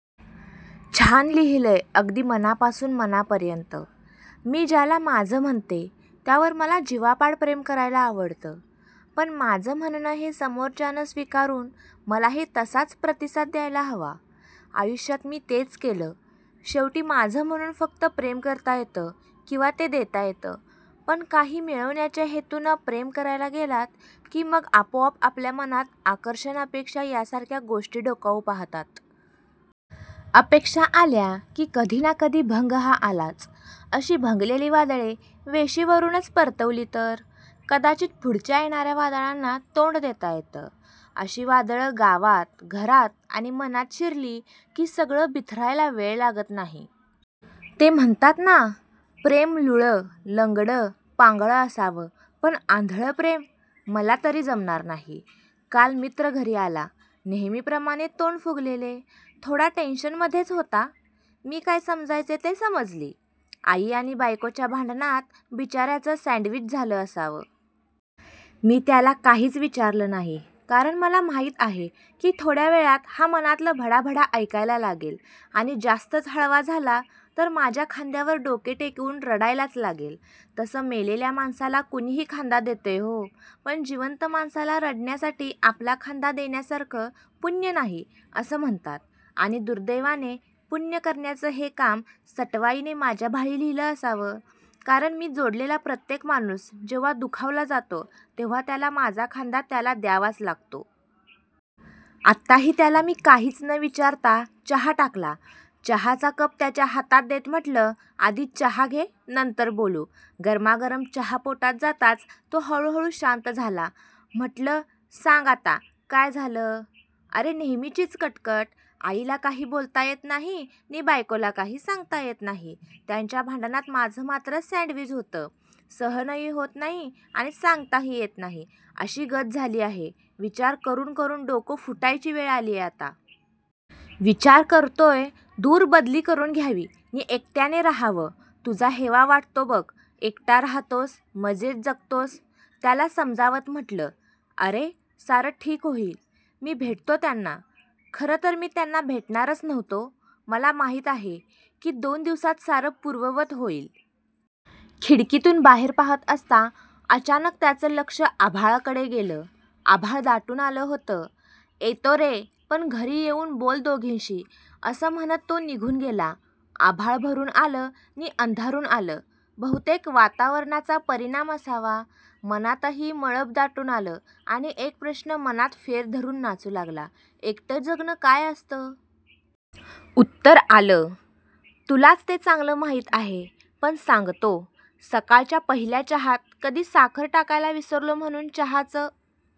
छान लिहिलंय अगदी मनापासून मनापर्यंत. मी ज्याला माझं म्हणते त्यावर मला जिवापाड प्रेम करायला आवडतं. पण माझं म्हणणं हे समोरच्यानं स्वीकारून मलाही तसाच प्रतिसाद द्यायला हवा. आयुष्यात मी तेच केलं. शेवटी माझं म्हणून फक्त प्रेम करता येतं किंवा ते देता येतं, पण काही मिळवण्याच्या हेतूनं प्रेम करायला गेलात कि मग आपोआप आपल्या मनात आकर्षण, अपेक्षा यासारख्या गोष्टी डोकावू पाहतात. अपेक्षा आल्या कि कधी ना कधी भंग हा आलाच. अशी भंगलेली वादळे वेशीवरूनच परतवली तर कदाचित पुढच्या येणाऱ्या वादळांना तोंड देता येतं. अशी वादळं गावात, घरात आणि मनात शिरली कि सगळं बिथरायला वेळ लागत नाही. ते म्हणतात ना, प्रेम लुळं, लंगडं, पांगळं असावं पण आंधळं प्रेम, मला तरी जमणार नाही. काल मित्र घरी आला, नेहमीप्रमाणे तोंड फुगलेले, थोडा टेंशनमध्येच होता. मी काय समजायचे ते समजली, आई आणि बायकोच्या भांडणात बिचाऱ्याचं सॅण्डविच झालं असावं. मी त्याला काहीच विचारलं नाही कारण मला माहित आहे की थोड्या वेळात हा मनातलं भडाभडा ऐकायला लागेल आणि जास्तच हळवा झाला तर माझ्या खांद्यावर डोके टेकवून रडायलाच लागेल, तसं मेलेल्या माणसाला कुणीही खांदा देतंय हो, पण जिवंत माणसाला रडण्यासाठी आपला खांदा देण्यासारखं पुण्य नाही असं म्हणतात, आणि दुर्दैवाने पुण्य करण्याचं हे काम सटवाईने माझ्या भाळी लिहील असावं, कारण मी जोडलेला प्रत्येक माणूस जेव्हा दुखावला जातो तेव्हा त्याला माझा खांदा त्याला द्यावाच लागतो. आताही त्याला मी काहीच न विचारता चहा टाकला. चहाचा कप त्याच्या हातात देत म्हटलं आधी चहा घे नंतर बोलू. गरमागरम चहा पोटात जाताच तो हळूहळू शांत झाला. म्हटलं सांग आता काय झालं, अरे नेहमीचीच कटकट, आईला काही बोलता येत नाही नी बायकोला काही सांगता येत नाही, त्यांच्या भांडणात माझं मात्र सॅण्डविच होतं, सहनही होत नाही आणि सांगताही येत नाही अशी गत झाली आहे, विचार करून करून डोकं फुटायची वेळ आलीय आता. विचार करतोय दूर बदली करून घ्यावी नि एकट्याने रहावं, तुझा हेवा वाटतो बघ, एकटा राहतोस, मजेत जगतोस. त्याला समजावत म्हटलं अरे, सारं ठीक होईल, मी भेटतो त्यांना. खरंतर मी त्यांना भेटणारच नव्हतो, मला माहित आहे की दोन दिवसांत सारं पूर्ववत होईल. खिडकीतून बाहेर पाहत असता अचानक त्याचं लक्ष आभाळाकडे गेलं, आभाळ दाटून आलं होतं, येतो रे, पण घरी येऊन बोल दोघींशी. असं म्हणत तो निघून गेला. आभाळ भरून आलं नि अंधारून आलं, बहुतेक वातावरणाचा परिणाम असावा, मनातही मळभ दाटून आलं आणि एक प्रश्न मनात फेर धरून नाचू लागला, एकटं जगणं काय असतं? उत्तर आलं, तुलाच ते चांगलं माहीत आहे पण सांगतो. सकाळच्या पहिल्या चहात कधी साखर टाकायला विसरलो म्हणून चहाचं